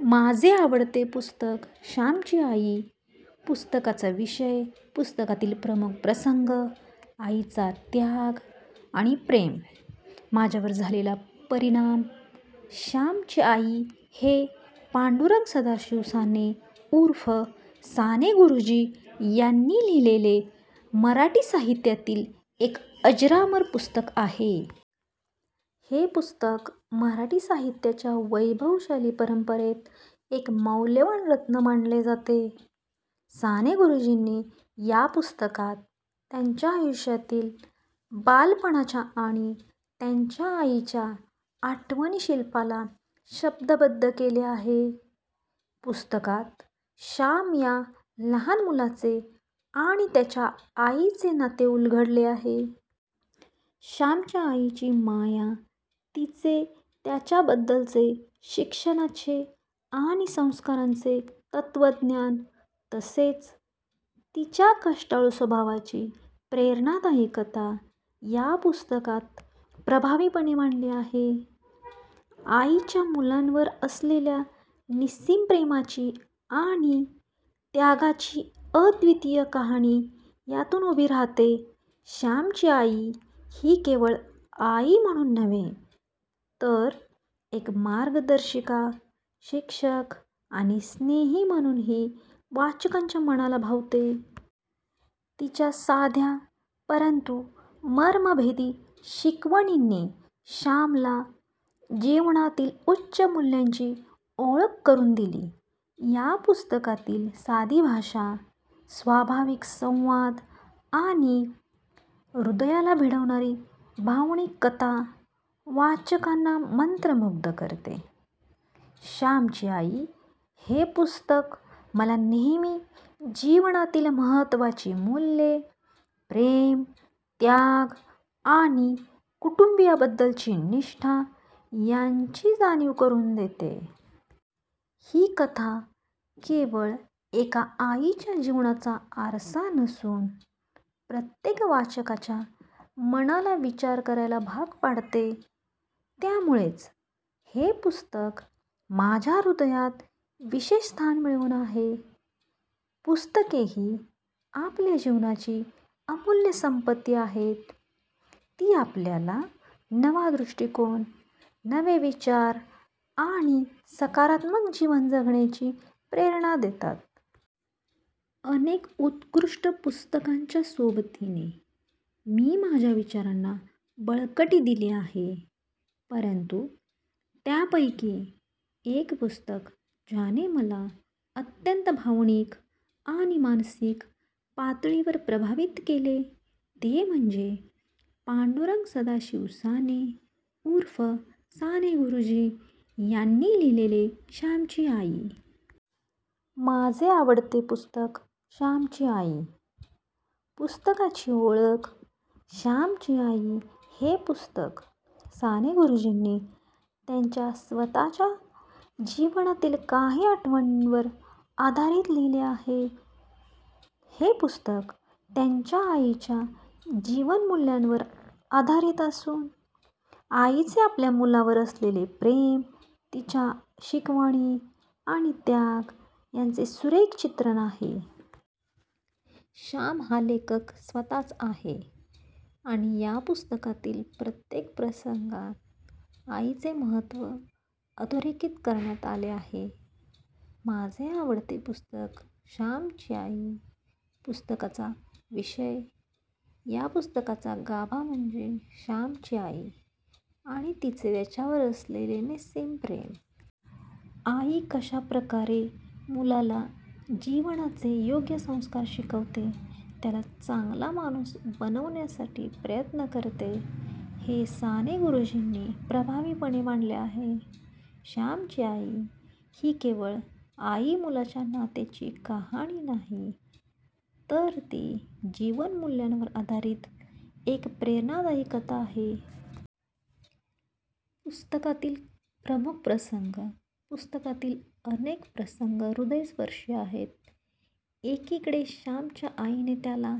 माझे आवडते पुस्तक श्यामची आई, पुस्तकाचा विषय, पुस्तकातील प्रमुख प्रसंग, आईचा त्याग आणि प्रेम, माझ्यावर झालेला परिणाम. श्यामची आई हे पांडुरंग सदाशिव साने, उर्फ साने गुरुजी यांनी लिहिलेले मराठी साहित्यातील एक अजरामर पुस्तक आहे. हे पुस्तक मराठी साहित्याच्या वैभवशाली परंपरेत एक मौल्यवान रत्न मानले जाते. साने गुरुजींनी या पुस्तकात त्यांच्या आयुष्यातील बालपणाच्या आणि त्यांच्या आईच्या आठवणीशिल्पाला शब्दबद्ध केले आहे. पुस्तकात श्याम या लहान मुलाचे आणि त्याच्या आईचे नाते उलगडले आहे. श्यामच्या आईची माया, तिचे त्याच्याबद्दलचे शिक्षणाचे आणि संस्कारांचे तत्त्वज्ञान, तसेच तिच्या कष्टाळू स्वभावाची प्रेरणादायी कथा या पुस्तकात प्रभावीपणे मांडली आहे. आईच्या मुलांवर असलेल्या निस्सीम प्रेमाची आणि त्यागाची अद्वितीय कहाणी यातून उभी राहते. श्यामची आई ही केवळ आई म्हणून नव्हे, तर एक मार्गदर्शिका, शिक्षक आणि स्नेही म्हणूनही वाचकांच्या मनाला भावते. तिच्या साध्या परंतु मर्मभेदी शिकवणींनी श्यामला जीवनातील उच्च मूल्यांची ओळख करून दिली. या पुस्तकातील साधी भाषा, स्वाभाविक संवाद आणि हृदयाला भिडणारी भावनिक कथा वाचकांना मंत्रमुग्ध करते. श्यामची आई हे पुस्तक मला नेहमी जीवनातील महत्त्वाची मूल्ये, प्रेम, त्याग आणि कुटुंबीयांबद्दलची निष्ठा यांची जाणीव करून देते. ही कथा केवळ एका आईच्या जीवनाचा आरसा नसून प्रत्येक वाचकाच्या मनाला विचार करायला भाग पाडते. त्यामुळेच हे पुस्तक माझ्या हृदयात विशेष स्थान मिळवून आहे. पुस्तके ही आपल्या जीवनाची अमूल्य संपत्ती आहेत. ती आपल्याला नवा दृष्टिकोन, नवे विचार आणि सकारात्मक जीवन जगण्याची प्रेरणा देतात. अनेक उत्कृष्ट पुस्तकांच्या सोबतीने मी माझ्या विचारांना बळकटी दिली आहे. परंतु त्यापैकी एक पुस्तक, ज्याने मला अत्यंत भावनिक आणि मानसिक पातळीवर प्रभावित केले, ते म्हणजे पांडुरंग सदाशिव साने ऊर्फ साने गुरुजी यांनी लिहिलेले श्यामची आई. माझे आवडते पुस्तक श्यामची आई, पुस्तकाची ओळख, श्यामची आई हे पुस्तक साने गुरुजींनी त्यांच्या स्वतःच्या जीवनातील काही आठवणींवर आधारित लिहिले आहे. हे पुस्तक त्यांच्या आईच्या जीवनमूल्यांवर आधारित असून, आईचे आपल्या मुलावर असलेले प्रेम, तिच्या शिकवणी आणि त्याग यांचे सुरेख चित्रण आहे. श्याम हा लेखक स्वतःच आहे आणि या पुस्तकातील प्रत्येक प्रसंगात आईचे महत्त्व अधोरेखित करण्यात आले आहे. माझे आवडते पुस्तक श्यामची आई, पुस्तकाचा विषय, या पुस्तकाचा गाभा म्हणजे श्यामची आई आणि तिचे त्याच्यावर असलेले निस्सीम प्रेम. आई कशा प्रकारे मुलाला जीवनाचे योग्य संस्कार शिकवते, त्याला चांगला माणूस बनवण्यासाठी प्रयत्न करते, हे साने गुरुजींनी प्रभावीपणे मांडले आहे. श्यामची आई ही केवळ आई-मुलाच्या नात्याची कहाणी नाही, तर ती जीवनमूल्यांवर आधारित एक प्रेरणादायी कथा आहे. पुस्तकातील प्रमुख प्रसंग, पुस्तकातील अनेक प्रसंग हृदयस्पर्शी आहेत. एकीकडे श्यामच्या आईने त्याला